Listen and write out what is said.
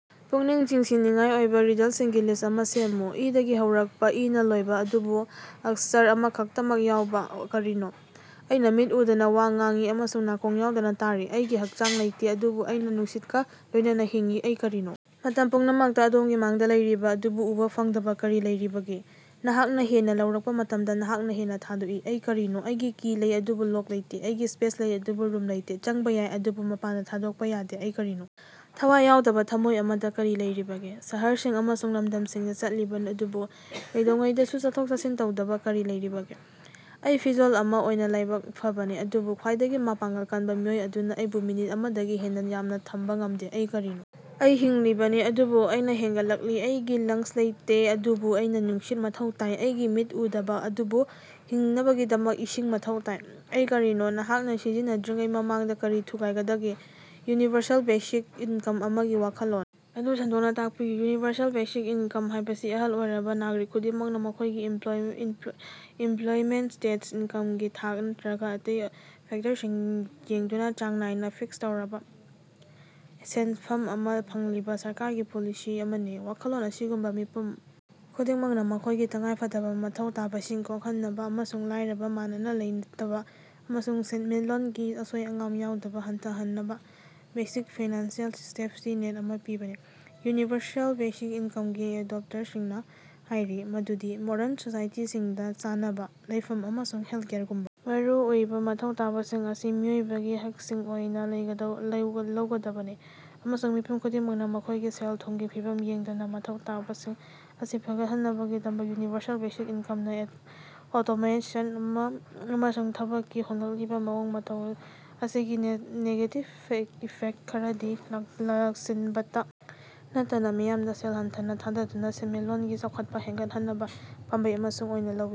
ꯄꯨꯛꯅꯤꯡ ꯆꯤꯡꯁꯤꯟꯅꯤꯡꯉꯥꯏ ꯑꯣꯏꯕ ꯔꯤꯗꯂꯁꯤꯡꯒꯤ ꯂꯤꯁ꯭ꯠ ꯑꯃꯥ ꯁꯦꯝꯃꯨ꯫ ꯏꯗꯒꯤ ꯍꯧꯔꯛꯄꯥ, ꯏꯅꯥ ꯂꯣꯏꯕ, ꯑꯗꯨꯕꯨ ꯑꯛꯁꯔ ꯑꯃꯈꯛꯇꯃꯛ ꯌꯥꯎꯕ ꯀꯔꯤꯅꯣ? ꯑꯩꯅꯥ ꯃꯤꯠ ꯎꯗꯅꯥ ꯋꯥ ꯉꯥꯡꯏ ꯑꯃꯁꯨꯡ ꯅꯥꯀꯣꯡ ꯌꯥꯎꯗꯅ ꯇꯥꯔꯤ꯫ ꯑꯩꯒꯤ ꯍꯛꯆꯥꯡ ꯂꯩꯇꯦ ꯑꯗꯨꯕꯨ ꯑꯩꯅꯥ ꯅꯨꯡꯁꯤꯠꯀꯥ ꯂꯣꯏꯅꯅꯥ ꯍꯤꯡꯏ꯫ ꯑꯩ ꯀꯔꯤꯅꯣ? ꯃꯇꯝ ꯄꯨꯝꯅꯃꯛꯇꯥ ꯑꯗꯣꯝꯒꯤ ꯃꯥꯡꯗꯥ ꯂꯩꯔꯤꯕ ꯑꯗꯨꯕꯨ ꯎꯕꯥ ꯐꯪꯗꯕ ꯀꯔꯤ ꯂꯩꯔꯤꯕꯒꯦ? ꯅꯍꯥꯛꯅꯥ ꯍꯦꯟꯅ ꯂꯧꯔꯛꯄ ꯃꯇꯝꯗ ꯅꯍꯥꯛꯅꯥ ꯍꯦꯟꯅ ꯊꯥꯗꯣꯛꯏ꯫ ꯑꯩ ꯀꯔꯤꯅꯣ? ꯑꯩꯒꯤ ꯀꯤ ꯂꯩ ꯑꯗꯨꯕꯨ ꯂꯣꯛ ꯂꯩꯇꯦ꯫ ꯑꯩꯒꯤ ꯁ꯭ꯄꯦꯁ ꯂꯩ ꯑꯗꯨꯕꯨ ꯔꯨꯝ ꯂꯩꯇꯦ꯫ ꯆꯪꯕꯥ ꯌꯥꯏ, ꯑꯗꯨꯕꯨ ꯃꯄꯥꯟꯗꯥ ꯊꯣꯛꯄꯥ ꯌꯥꯗꯦ꯫ ꯑꯩ ꯀꯔꯤꯅꯣ? ꯊꯋꯥꯏ ꯌꯥꯎꯗꯕ ꯊꯝꯃꯣꯏ ꯑꯃꯗꯥ ꯀꯔꯤ ꯂꯩꯔꯤꯕꯒꯦ? ꯁꯍꯔꯁꯤꯡ ꯑꯃꯁꯨꯡ ꯂꯝꯗꯝꯁꯤꯡꯗꯥ ꯆꯠꯂꯤ ꯑꯗꯨꯕꯨ ꯀꯩꯗꯧꯉꯩꯗꯁꯨ ꯆꯠꯊꯣꯛ-ꯆꯠꯁꯤꯟ ꯇꯧꯗꯕꯥ ꯀꯔꯤ ꯂꯩꯔꯤꯕꯒꯦ? ꯑꯩ ꯐꯤꯖꯣꯜ ꯑꯃꯥ ꯑꯣꯏꯅ ꯂꯥꯏꯕꯛ ꯐꯕꯅꯤ ꯑꯗꯨꯕꯨ ꯈ꯭ꯋꯥꯏꯗꯒꯤ ꯃꯄꯥꯡꯒꯜ ꯀꯟꯕ ꯃꯤꯑꯣꯏ ꯑꯗꯨꯅꯥ ꯑꯩꯕꯨ ꯃꯤꯅꯤꯠ ꯑꯃꯗꯒꯤ ꯍꯦꯟꯅ ꯌꯥꯝꯅ ꯊꯝꯕ ꯉꯃꯗꯦ꯫ ꯑꯩ ꯀꯔꯤꯅꯣ? ꯑꯩ ꯍꯤꯡꯂꯤꯕꯅꯤ, ꯑꯗꯨꯕꯨ ꯑꯩꯅꯥ ꯍꯦꯟꯒꯠꯂꯛꯂꯤ ꯑꯩꯒꯤ ꯂꯪꯁ ꯂꯩꯇꯦ, ꯑꯗꯨꯕꯨ ꯑꯩꯅꯥ ꯅꯨꯡꯁꯤꯠ ꯃꯊꯧ ꯇꯥꯏ ꯑꯩꯒꯤ ꯃꯤꯠ ꯎꯗꯕꯥ ꯑꯗꯨꯕꯨ ꯍꯤꯡꯅꯕꯒꯤꯗꯃꯛ ꯏꯁꯤꯡ ꯃꯊꯧ ꯇꯥꯏ꯫ ꯑꯩ ꯀꯔꯤꯅꯣ? ꯅꯍꯥꯛꯅꯥ ꯁꯤꯖꯤꯟꯅꯗ꯭ꯔꯤꯉꯩ ꯃꯃꯥꯡꯗꯥ ꯀꯔꯤ ꯊꯨꯒꯥꯏꯒꯗꯒꯦ? ꯌꯨꯅꯤꯚꯔꯁꯦꯜ ꯕꯦꯁꯤꯛ ꯏꯟꯀꯝ ꯑꯃꯒꯤ ꯋꯥꯈꯜꯂꯣꯟ ꯑꯗꯨ ꯁꯟꯗꯣꯛꯅ ꯇꯥꯛꯄꯤꯌꯨ꯫ ꯌꯨꯅꯤꯚꯔꯁꯦꯜ ꯕꯦꯁꯤꯛ ꯏꯟꯀꯝ ꯍꯥꯏꯕꯁꯤ ꯑꯍꯜ ꯑꯣꯏꯔꯕ ꯅꯥꯒꯔꯤꯛ ꯈꯨꯗꯤꯡꯃꯛꯅꯥ ꯃꯈꯣꯏꯒꯤ ꯏꯝꯞꯂꯣꯌꯃꯦꯟꯇ ꯁ꯭ꯇꯦꯇꯁ, ꯏꯟꯀꯝꯒꯤ ꯊꯥꯛ, ꯅꯠꯇ꯭ꯔꯒ ꯑꯇꯩ ꯐꯦꯛꯇꯔꯁꯤꯡ ꯌꯦꯡꯗꯨꯅ, ꯆꯥꯡ ꯅꯥꯏꯅ ꯐꯤꯛꯁ ꯇꯧꯔꯕ ꯁꯦꯟꯐꯝ ꯑꯃꯥ ꯐꯪꯂꯤꯕ ꯁꯔꯀꯥꯔꯒꯤ ꯄꯣꯂꯤꯁꯤ ꯑꯃꯅꯤ꯫ ꯋꯥꯈꯜꯂꯣꯟ ꯑꯁꯤꯒꯤ ꯃꯤꯄꯨꯝ ꯈꯨꯗꯤꯡꯃꯛꯅꯥ ꯃꯈꯣꯏꯒꯤ ꯇꯉꯥꯏꯐꯗꯕ ꯃꯊꯧ ꯇꯥꯕꯁꯤꯡ ꯀꯣꯛꯍꯟꯅꯕ ꯑꯃꯁꯨꯡ ꯂꯥꯏꯔꯕꯥ, ꯃꯥꯟꯅꯅ ꯂꯩꯇꯕ ꯑꯃꯁꯨꯡ ꯁꯦꯟꯃꯤꯠꯂꯣꯟꯒꯤ ꯑꯁꯣꯏ-ꯑꯉꯥꯝ ꯌꯥꯎꯕ ꯍꯟꯊꯍꯟꯅꯕꯥ ꯕꯦꯁꯤꯛ ꯐꯥꯏꯅꯥꯟꯁꯤꯑꯦꯜ ꯁꯦꯐꯇꯤ ꯅꯦꯠ ꯑꯃꯥ ꯄꯤꯕꯅꯤ꯫ ꯌꯨꯅꯤꯚꯔꯁꯦꯜ ꯕꯦꯁꯤꯛ ꯏꯟꯀꯝꯒꯤ ꯑꯦꯗꯣꯄꯇꯦꯔꯁꯤꯡꯅꯥ ꯍꯥꯏꯔꯤ ꯃꯗꯨꯗꯤ ꯃꯣꯗꯔꯟ ꯁꯣꯁꯥꯏꯇꯤꯁꯤꯡꯗꯥ ꯆꯥꯅꯕ, ꯂꯩꯐꯝ ꯑꯃꯁꯨꯡ ꯍꯦꯜꯊꯀꯦꯌꯔꯒꯨꯝꯕꯥ ꯃꯔꯨꯑꯣꯏꯕꯥ ꯃꯊꯧ ꯇꯥꯕꯁꯤꯡ ꯑꯁꯤ ꯃꯤꯑꯣꯏꯕꯒꯤ ꯍꯛꯁꯤꯡ ꯑꯣꯏꯅ ꯂꯧꯒꯗꯕꯅꯤ, ꯑꯃꯁꯨꯡ ꯃꯤꯄꯨꯝ ꯈꯨꯗꯤꯡꯃꯛꯅꯥ ꯃꯈꯣꯏꯒꯤ ꯁꯦꯜ-ꯊꯨꯝꯒꯤ ꯐꯤꯚꯝ ꯌꯦꯡꯗꯅꯥ ꯃꯊꯧ ꯇꯥꯕꯁꯤꯡ ꯑꯁꯤ ꯐꯪꯍꯟꯒꯗꯕꯅꯤ꯫ ꯌꯨꯅꯤꯚꯔꯁꯦꯜ ꯕꯦꯁꯤꯛ ꯏꯟꯀꯝꯅꯥ ꯑꯣꯇꯣꯃꯦꯁꯟ ꯑꯃꯁꯨꯡ ꯊꯕꯛꯀꯤ ꯍꯣꯡꯂꯛꯂꯤꯕ ꯃꯑꯣꯡ ꯃꯇꯧ ꯑꯁꯤꯒꯤ ꯅꯦꯒꯦꯇꯤꯜ ꯏꯐꯦꯛꯇ ꯈꯔꯗꯤ ꯂꯥꯛꯁꯤꯟꯅꯕꯇ ꯅꯠꯇꯅꯥ ꯃꯤꯌꯥꯝꯗ ꯁꯦꯜ ꯍꯦꯟꯅꯥ ꯊꯥꯗꯗꯨꯅꯥ ꯁꯦꯟꯃꯤꯠꯂꯣꯟꯒꯤ ꯆꯥꯎꯈꯠꯄꯥ ꯍꯦꯟꯒꯠꯍꯟꯅꯕ ꯄꯥꯝꯕꯩ ꯑꯃꯁꯨ ꯑꯣꯏꯅ ꯂꯧꯏ꯫